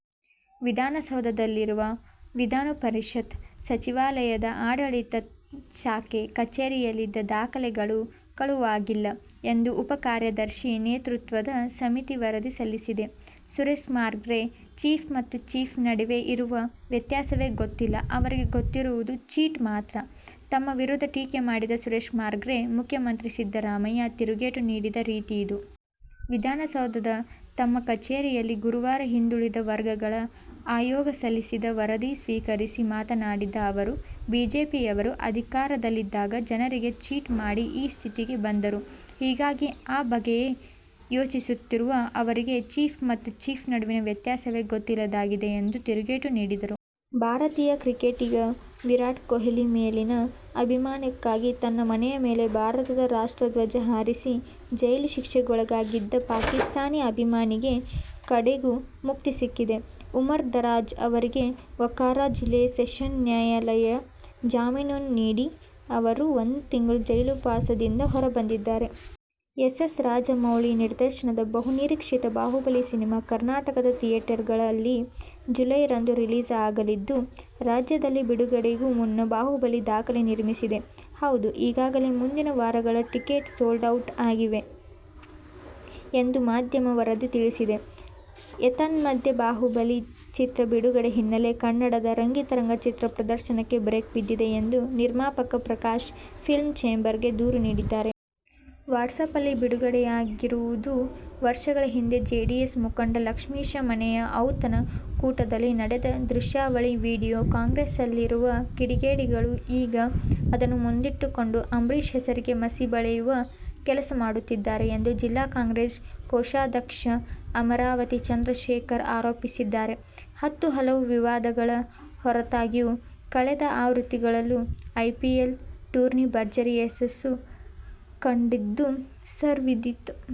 ವಿಧಾನಸೌಧದಲ್ಲಿರುವ ವಿಧಾನಪರಿಷತ್ ಸಚಿವಾಲಯದ ಆಡಳಿತ ಶಾಖೆ ಕಚೇರಿಯಲ್ಲಿದ್ದ ದಾಖಲೆಗಳು ಕಳುವಾಗಿಲ್ಲ ಎಂದು ಉಪ ಕಾರ್ಯದರ್ಶಿ ನೇತೃತ್ವದ ಸಮಿತಿ ವರದಿ ಸಲ್ಲಿಸಿದೆ. ಸುರೇಶ್ಕುಮಾರ್ಗೆ "ಚೀಫ್' ಮತ್ತು "ಚೀಪ್' ನಡುವೆ ಇರುವ ವ್ಯತ್ಯಾಸವೇ ಗೊತ್ತಿಲ್ಲ. ಅವರಿಗೆ ಗೊತ್ತಿರುವುದು "ಚೀಟ್' ಮಾತ್ರ. ತಮ್ಮ ವಿರುದ್ಧ ಟೀಕೆ ಮಾಡಿದ್ದ ಸುರೇಶ್ಕುಮಾರ್ಗೆ ಮುಖ್ಯಮಂತ್ರಿ ಸಿದ್ದರಾಮಯ್ಯ ತಿರುಗೇಟು ನೀಡಿದ ರೀತಿಯಿದು. ವಿಧಾನಸೌಧದ ತಮ್ಮ ಕಚೇರಿಯಲ್ಲಿ ಗುರುವಾರ ಹಿಂದುಳಿದ ವರ್ಗಗಳ ಆಯೋಗ ಸಲ್ಲಿಸಿದ ವರದಿ ಸ್ವೀಕರಿಸಿ ಮಾತನಾಡಿದ ಅವರು, ಬಿಜೆಪಿಯವರು ಅಧಿಕಾರದಲ್ಲಿದ್ದಾಗ ಜನರಿಗೆ ಚೀಟ್ ಮಾಡಿ ಈ ಸ್ಥಿತಿಗೆ ಬಂದರು. ಹೀಗಾಗಿ ಆ ಬಗ್ಗೆಯೇ ಯೋಚಿಸುತ್ತಿರುವ ಅವರಿಗೆ ಚೀಫ್ ಮತ್ತು ಚೀಪ್ ನಡುವಿನ ವ್ಯತ್ಯಾಸವೇ ಗೊತ್ತಿಲ್ಲದಾಗಿದೆ ಎಂದು ತಿರುಗೇಟು ನೀಡಿದರು. ಭಾರತೀಯ ಕ್ರಿಕೆಟಿಗ ವಿರಾಟ್ ಕೊಹ್ಲಿ ಮೇಲಿನ ಅಭಿಮಾನಕ್ಕಾಗಿ ತನ್ನ ಮನೆ ಮೇಲೆ ಭಾರತದ ರಾಷ್ಟ್ರಧ್ವಜ ಹಾರಿಸಿ ಜೈಲು ಶಿಕ್ಷೆಗೊಳಗಾಗಿದ್ದ ಪಾಕಿಸ್ಥಾನಿ ಅಭಿಮಾನಿಗೆ ಕಡೆಗೂ ಮುಕ್ತಿ ಸಿಕ್ಕಿದೆ. ಉಮರ್ ದರಾಜ್ ಅವರಿಗೆ ಒಕಾರಾ ಜಿಲ್ಲೆಯ ಸೆಷನ್ಸ್ ನ್ಯಾಯಾಲಯ ಜಾಮೀನು ನೀಡಿದ್ದು, ಅವರು ಒಂದು ತಿಂಗಳ ಜೈಲುವಾಸದಿಂದ ಹೊರಬಂದಿದ್ದಾರೆ. ಎಸ್. ಎಸ್. ರಾಜಮೌಳಿ ನಿರ್ದೇಶನದ ಬಹುನಿರೀಕ್ಷಿತ ಬಾಹುಬಲಿ ಸಿನಿಮಾ ಕರ್ನಾಟಕದ ಥಿಯೇಟರ್ ಗಳಲ್ಲಿ ಜುಲೈ ರಂದು ರಿಲೀಸ್ ಆಗಲಿದ್ದು, ರಾಜ್ಯದಲ್ಲಿ ಬಿಡುಗಡೆಗೂ ಮುನ್ನ ಬಾಹುಬಲಿ ದಾಖಲೆ ನಿರ್ಮಿಸಿದೆ. ಹೌದು ಈಗಾಗಲೇ ಮುಂದಿನ ವಾರಗಳ ಟಿಕೆಟ್ ಸೋಲ್ಡ್ ಔಟ್ ಆಗಿದೆ ಎಂದು ಮಾಧ್ಯಮದ ವರದಿ ತಿಳಿಸಿದೆ. ಏತನ್ಮಧ್ಯೆ ಬಾಹುಬಲಿ ಚಿತ್ರ ಬಿಡುಗಡೆ ಹಿನ್ನೆಲೆಯಲ್ಲಿ ಕನ್ನಡದ ರಂಗಿತರಂಗ ಚಿತ್ರ ಪ್ರದರ್ಶನಕ್ಕೆ ಬ್ರೇಕ್ ಬಿದ್ದಿದೆ ಎಂದು ನಿರ್ಮಾಪಕ ಪ್ರಕಾಶ್ ಫಿಲಂ ಚೇಂಬರ್ ಗೆ ದೂರು ನೀಡಿದ್ದಾರೆ. ವಾಟ್ಸಪ್ನಲ್ಲಿ ಬಿಡುಗಡೆಯಾಗಿರುವುದು ವರ್ಷಗಳ ಹಿಂದೆ ಜೆಡಿಎಸ್ ಮುಖಂಡ ಲಕ್ಷ್ಮೀಶ್ ಮನೆಯ ಔತಣ ಕೂಟದಲ್ಲಿ ನಡೆದ ದೃಶ್ಯಾವಳಿಯ ವಿಡಿಯೋ. ಕಾಂಗ್ರೆಸ್ನಲ್ಲಿರುವ ಕಿಡಿಗೇಡಿಗಳು ಈಗ ಅದನ್ನು ಮುಂದಿಟ್ಟುಕೊಂಡು ಅಂಬರೀಶ್ ಹೆಸರಿಗೆ ಮಸಿ ಬಳಿವ ಕೆಲಸ ಮಾಡುತ್ತಿದ್ದಾರೆ ಎಂದು ಜಿಲ್ಲಾ ಕಾಂಗ್ರೆಸ್ ಕೋಶಾಧ್ಯಕ್ಷ ಅಮರಾವತಿ ಚಂದ್ರಶೇಖರ್ ಆರೋಪಿಸಿದ್ದಾರೆ. ಹತ್ತು ಹಲವು ವಿವಾದಗಳ ಹೊರತಾಗಿಯೂ ಕಳೆದ ಆವೃತ್ತಿಗಳಲ್ಲೂ ಐಪಿಎಲ್ ಟೂರ್ನಿ ಭರ್ಜರಿ ಯಶಸ್ಸು ಕಂಡದ್ದು ಸರ್ವವಿಧಿತ.